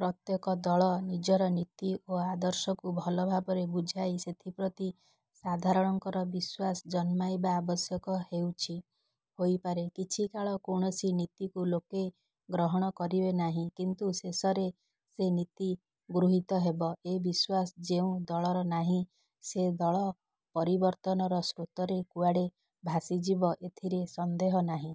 ପ୍ରତ୍ୟେକ ଦଳ ନିଜର ନୀତି ଓ ଆଦର୍ଶକୁ ଭଲ ଭାବରେ ବୁଝାଇ ସେଥିପ୍ରତି ସାଧାରଣଙ୍କର ବିଶ୍ୱାସ ଜନ୍ମାଇବା ଆବଶ୍ୟକ ହେଉଛି। ହୋଇପାରେ କିଛିକାଳ କୌଣସି ନୀତିକୁ ଲୋକେ ଗ୍ରହଣ କରିବେ ନାହିଁ। କିନ୍ତୁ ଶେଷରେ ସେ ନୀତି ଗୃହୀତ ହେବ ଏ ବିଶ୍ୱାସ ଯେଉଁ ଦଳର ନାହିଁ ସେ ଦଳ ପରିବର୍ତ୍ତନର ସ୍ରୋତରେ କୁଆଡ଼େ ଭାସିଯିବ ଏଥିରେ ସନ୍ଦେହ ନାହିଁ।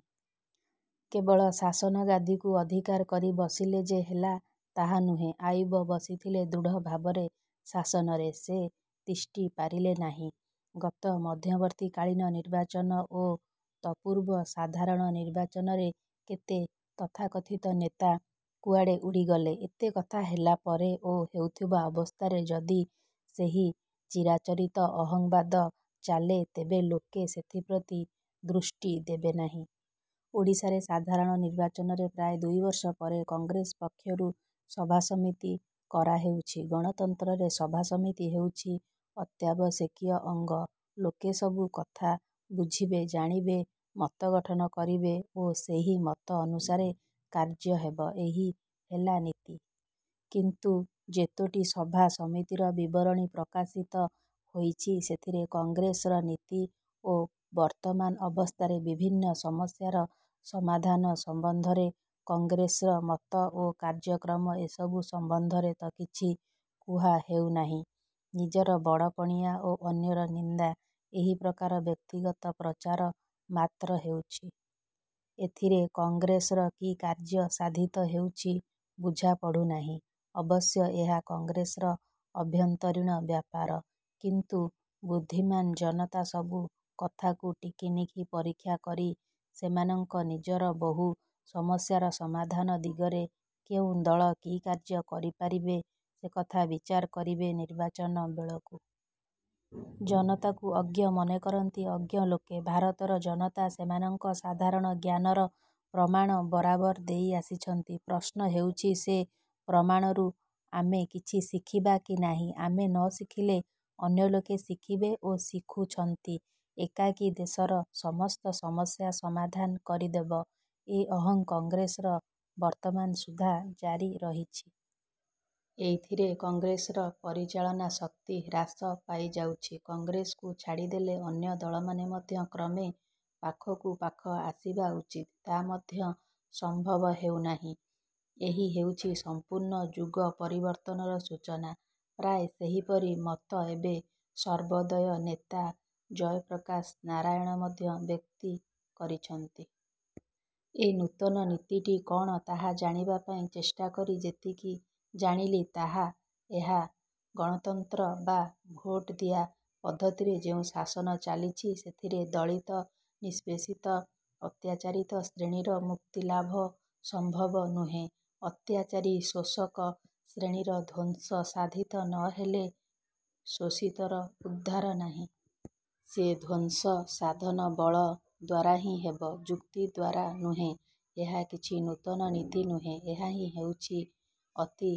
କେବଳ ଶାସନ ଗାଦିକୁ ଅଧିକାର କରି ବସିଲେ ଯେ ହେଲା ତାହା ନୁହେଁ। ଆୟୁବ ବସିଥିଲେ ଦୃଢ ଭାବରେ ଶାସନରେ। ସେ ତିଷ୍ଠି ପାରିଲେ ନାହିଁ। ଗତ ମଧ୍ୟବର୍ତ୍ତୀକାଳୀନ ନିର୍ବାଚନ ଓ ତତ୍ପୂର୍ବ ସାଧାରଣ ନିର୍ବାଚନରେ କେତେ ତଥାକଥିତ ନେତା କୁଆଡ଼େ ଉଡ଼ିଗଲେ-। ଏତେ କଥା ହେଲା ପରେ ଓ ହେଉଥିବା ଅବସ୍ଥାରେ ଯଦି ସେହି ଚିରାଚରିତ 'ଅହଂ' ବାଦ ଚାଲେ ତେବେ ଲୋକେ ସେଥିପ୍ରତି ଦୃଷ୍ଟି ଦେବେ ନାହିଁ। ଓଡ଼ିଶାରେ ସାଧାରଣ ନିର୍ବାଚନରେ ପ୍ରାୟ ଦୁଇବର୍ଷ ପରେ କଂଗ୍ରେସ ପକ୍ଷରୁ ସଭାସମିତି କରାହେଉଛି। ଗଣତନ୍ତ୍ରରେ ସଭା ସମିତି ହେଉଛି ଅତ୍ୟାବଶ୍ୟକୀୟ ଅଙ୍ଗ। ଲୋକେ ସବୁ କଥା ବୁଝିବେ, ଜାଣିବେ, ମତ ଗଠନ କରିବେ ଓ ସେହି ମତ ଅନୁସାରେ କାର୍ଯ୍ୟ ହେବ ଏହି ହେଲା ନୀତି। କିନ୍ତୁ ଯେତୋଟି ସଭା ସମିତିର ବିବରଣୀ ପ୍ରକାଶିତ ହୋଇଛି ସେଥିରେ କଂଗ୍ରେସର ନୀତି ଓ ବର୍ତ୍ତମାନ ଅବସ୍ଥାରେ ବିଭିନ୍ନ ସମସ୍ୟାର ସମାଧାନ ସମ୍ବନ୍ଧରେ କଂଗ୍ରେସର ମତ ଓ କାର୍ଯ୍ୟକ୍ରମ ଏସବୁ ସମ୍ବନ୍ଧରେ ତ କିଛି କୁହା ହେଉନାହିଁ-। ନିଜର ବଡ଼ପଣିଆ ଓ ଅନ୍ୟର ନିନ୍ଦା ଏହି ପ୍ରକାର ବ୍ୟକ୍ତିଗତ ପ୍ରଚାର ମାତ୍ର ହେଉଛି-। ଏଥିରେ କଂଗ୍ରେସର କି କାର୍ଯ୍ୟ ସାଧିତ ହେଉଛି ବୁଝାପଡ଼ୁ ନାହିଁ। ଅବଶ୍ୟ ଏହା କଂଗ୍ରେସର ଆଭ୍ୟନ୍ତରୀଣ ବ୍ୟାପାର। କିନ୍ତୁ ବୁଦ୍ଧିମାନ ଜନତା ସବୁ କଥାକୁ ଟିକିନିଖି ପରୀକ୍ଷା କରି ସେମାନଙ୍କ ନିଜର ବହୁ ସମସ୍ୟାର ସମାଧାନ ଦିଗରେ କେଉଁ ଦଳ କି କାର୍ଯ୍ୟ କରିପାରିବେ ସେ କଥା ବିଚାର କରିବେ ନିର୍ବାଚନ ବେଳକୁ। ଜନତାକୁ ଅଜ୍ଞ ମନେକରନ୍ତି ଅଜ୍ଞ ଲୋକେ, ଭାରତର ଜନତା ସେମାନଙ୍କ ସାଧାରଣ ଜ୍ଞାନର ପ୍ରମାଣ ବରାବର ଦେଇ ଆସିଛନ୍ତି। ପ୍ରଶ୍ନ ହେଉଛି ସେ ପ୍ରମାଣରୁ ଆମେ କିଛି ଶିଖିବା କି ନାହିଁ? ଆମେ ନ ଶିଖିଲେ ଅନ୍ୟ ଲୋକେ ଶିଖିବେ ଓ ଶିଖୁଛନ୍ତି। ଏକାକୀ ଦେଶର ସମସ୍ତ ସମସ୍ୟା ସମାଧାନ କରିଦେବ, ଏ 'ଅହଂ' କଂଗ୍ରେସର ବର୍ତ୍ତମାନ ସୁଦ୍ଧା ଜାରି ରହିଛି-। ଏଇଥିରେ କଂଗ୍ରେସର ପରିଚାଳନା ଶକ୍ତି ହ୍ରାସ ପାଇଯାଉଛି। କଂଗ୍ରେସକୁ ଛାଡ଼ିଦେଲେ ଅନ୍ୟ ଦଳମାନେ ମଧ୍ୟ କ୍ରମେ ପାଖକୁ ପାଖ ଆସିବା ଉଚିତ। ତା ମଧ୍ୟ ସମ୍ଭବ ହେଉ ନାହିଁ। ଏହି ହେଉଛି ସମ୍ପୂର୍ଣ୍ଣ ଯୁଗପରିବର୍ତ୍ତନର ସୂଚନା। ପ୍ରାୟ ସେହିପରି ମତ ଏବେ ସର୍ବୋଦୟ ନେତା ଜୟପ୍ରକାଶ ନାରାୟଣ ମଧ୍ୟ ବ୍ୟକ୍ତି କରିଛନ୍ତି। ଏ ନୂତନ ନୀତିଟି କଅଣ ତାହା ଜାଣିବା ପାଇଁ ଚେଷ୍ଟା କରି ଯେତିକି ଜାଣିଲି ତାହା ଏହା। ଗଣତନ୍ତ୍ର ବା ଭୋଟଦିଆ ପଦ୍ଧତିରେ ଯେଉଁ ଶାସନ ଚାଲିଛି ସେଥିରେ ଦଳିତ, ନିଷ୍ପେଷିତ, ଅତ୍ୟାଚାରିତ ଶ୍ରେଣୀର ମୁକ୍ତିଲାଭ ସମ୍ଭବ ନୁହେଁ। ଅତ୍ୟାଚାରୀ ଶୋଷକ ଶ୍ରେଣୀର ଧ୍ୱଂସ ସାଧିତ ନ ହେଲେ ଶୋଷିତର ଉଦ୍ଧାର ନାହିଁ। ସେ ଧ୍ୱଂସ ସାଧନ ବଳ ଦ୍ୱାରାହିଁ ହେବ ଯୁକ୍ତି ଦ୍ୱାରା ନୁହେଁ। ଏହା କିଛି ନୂତନ ନୀତି ନୁହେଁ। ଏହାହିଁ ହେଉଛି ଅତି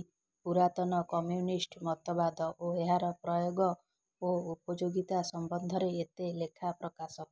ପୁରାତନ କମ୍ୟୁନିଷ୍ଟ ମତବାଦ ଓ ଏହାର ପ୍ରୟୋଗ ଓ ଉପଯୋଗିତା ସମ୍ବନ୍ଧରେ ଏତେ ଲେଖା ପ୍ରକାଶ